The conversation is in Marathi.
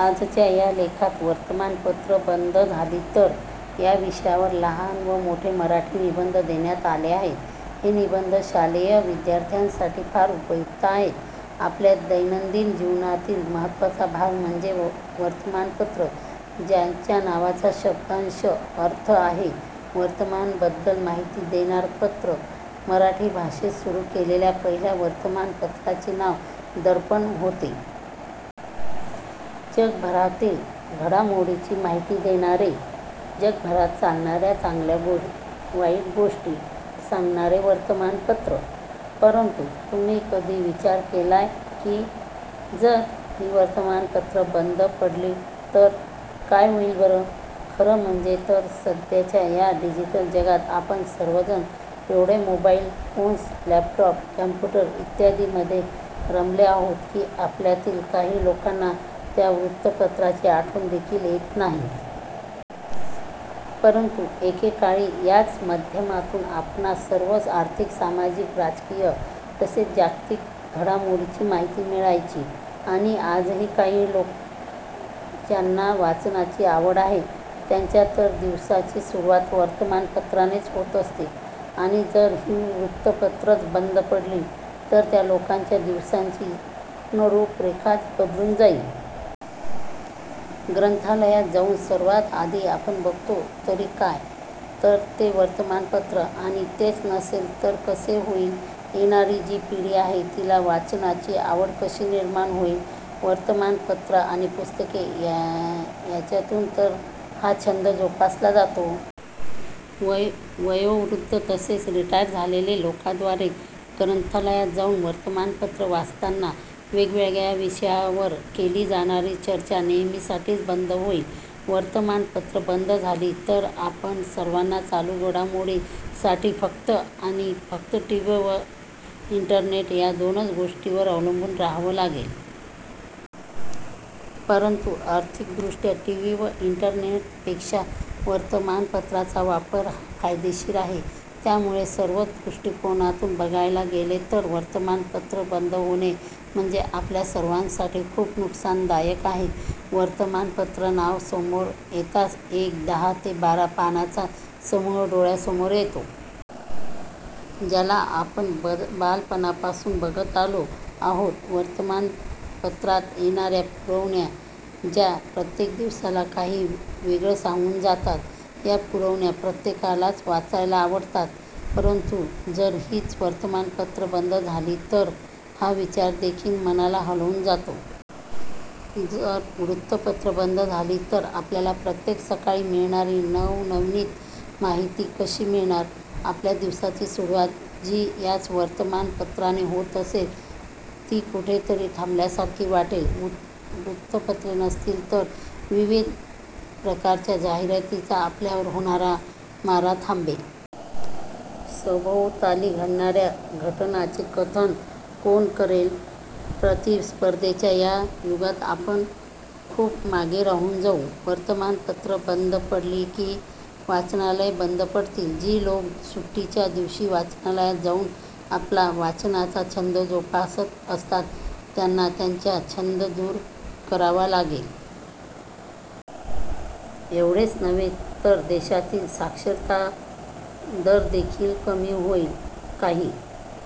आजच्या या लेखात वर्तमान पत्र बंद झाली तर या विषयावर लहान व मोठे मराठी निबंध देण्यात आले आहेत. हे निबंध शालेय विद्यार्थ्यांसाठी फार उपयुक्त आहेत. आपल्या दैनंदिन जीवनातील महत्वाचा भाग म्हणजे वर्तमानपत्र. ज्याच्या नावाचा शब्दशः अर्थ आहे वर्तमान बद्दल माहिती देणार पत्र, मराठी भाषेत सुरू केलेल्या पहिल्या वर्तमान पत्राचे नाव दर्पण होते. जगभरातील घडामोडींची माहिती देणारे, जगभरात चालणाऱ्या चांगल्या वाईट गोष्टीं सांगणारे वर्तमानपत्र..! परंतु तुम्ही कधी विचार केलाय कि, जर ही वर्तमानपत्र बंद पडली तर...? काय होईल बर... खर म्हणजे तर सध्याचा या डिजिटल जगात आपण सर्वजण एवढे मोबाईल फोन्स, लॅपटॉप, कॉम्प्युटर इत्यादि मध्ये रमले आहोत की आपल्यातील काही लोकांना त्या वृत्तपत्राची आठवण देखील येत नाही. परंतु एकेकाळी याच माध्यमातून आपणास सर्व आर्थिक, सामाजिक, राजकीय तसेच जागतिक घडामोडींची माहिती मिळायची. आणि आजही काही लोक ज्यांना वाचनाची आवड आहे त्यांच्या तर दिवसाची सुरुवात वर्तमानपत्रानेच होत असते. आणि जर ही वृतपत्रच बंद पडली तर त्या लोकांच्या दिवसाची पूर्ण रूप रेखाच बदलून जाईल..... ग्रंथालयात जाऊन सर्वात आधी आपण बघतो तरी काय तर ते वर्तमानपत्र आणि तेच नसेल तर कसे होईल? येणारी जी पिढी आहे तिला वाचनाची आवड कशी निर्माण होईल..! वर्तमानपत्र आणि पुस्तके याच्यातून तर हा छंद जोपासला जातो. वयोवृद्ध तसेच रिटायर झालेले लोकांद्वारे ग्रंथालयात जाऊन वर्तमानपत्र वाचतांना वेगवेगळ्या विषयावर केली जाणारी चर्चा नेहमीसाठीच बंद होईल. वर्तमानपत्र बंद झाली तर आपण सर्वांना चालू घडामोडी साठी फक्त आणि फक्त टीव्ही व इंटरनेट या दोनच गोष्टींवर अवलंबून राहावं लागेल. परंतु आर्थिकदृष्ट्या टीव्ही व इंटरनेटपेक्षा वर्तमानपत्राचा वापर हा फायदेशीर आहे. त्यामुळे सर्वच दृष्टिकोनातून बघायला गेले तर वर्तमानपत्र बंद होणे म्हणजे आपल्या सर्वांसाठी खूप नुकसानदायक आहे वर्तमान पत्र नाव समोर येताच एक दहा ते बारा पानांचा समूह डोळ्यासमोर येतो. ज्याला आपण बालपणापासून बघत आलो आहोत. वर्तमान पत्रात येणाऱ्या पुरवण्या ज्या प्रत्येक दिवसाला काही वेगळ सांगून जातात, या पुरवण्या प्रत्येकालाच वाचायला आवडतात. परंतु जर हीच वर्तमान पत्र बंद झाली तर..... हा विचार देखील मनाला हलवून जातो. जर वृत्तपत्र बंद झाली तर आपल्याला प्रत्येक सकाळी मिळणारी नवनवीन माहिती कशी मिळणार? आपल्या दिवसाची सुरुवात जी याच वर्तमानपत्राने होत असते ती कुठेतरी थांबल्यासारखी वाटेल. वृत्तपत्रे नसतील तर विविध प्रकारच्या जाहिरातींचा आपल्यावर होणारा मारा थांबेल. सभोवताली घडणाऱ्या घटनांचे कथन कोण करेल? प्रतिस्पर्धेच्या या युगात आपण खूप मागे राहून जाऊ. वर्तमान पत्र बंद म्हटली की वाचनालय बंद पडतील जी लोकं सुट्टीच्या दिवशी वाचनालयात जाऊन आपला वाचनाचा छंद जोपासत असतात त्यांना त्यांच्या छंद दूर करावा लागेल. एवढेच नव्हे तर देशातील साक्षरता दर देखील कमी होईल. काही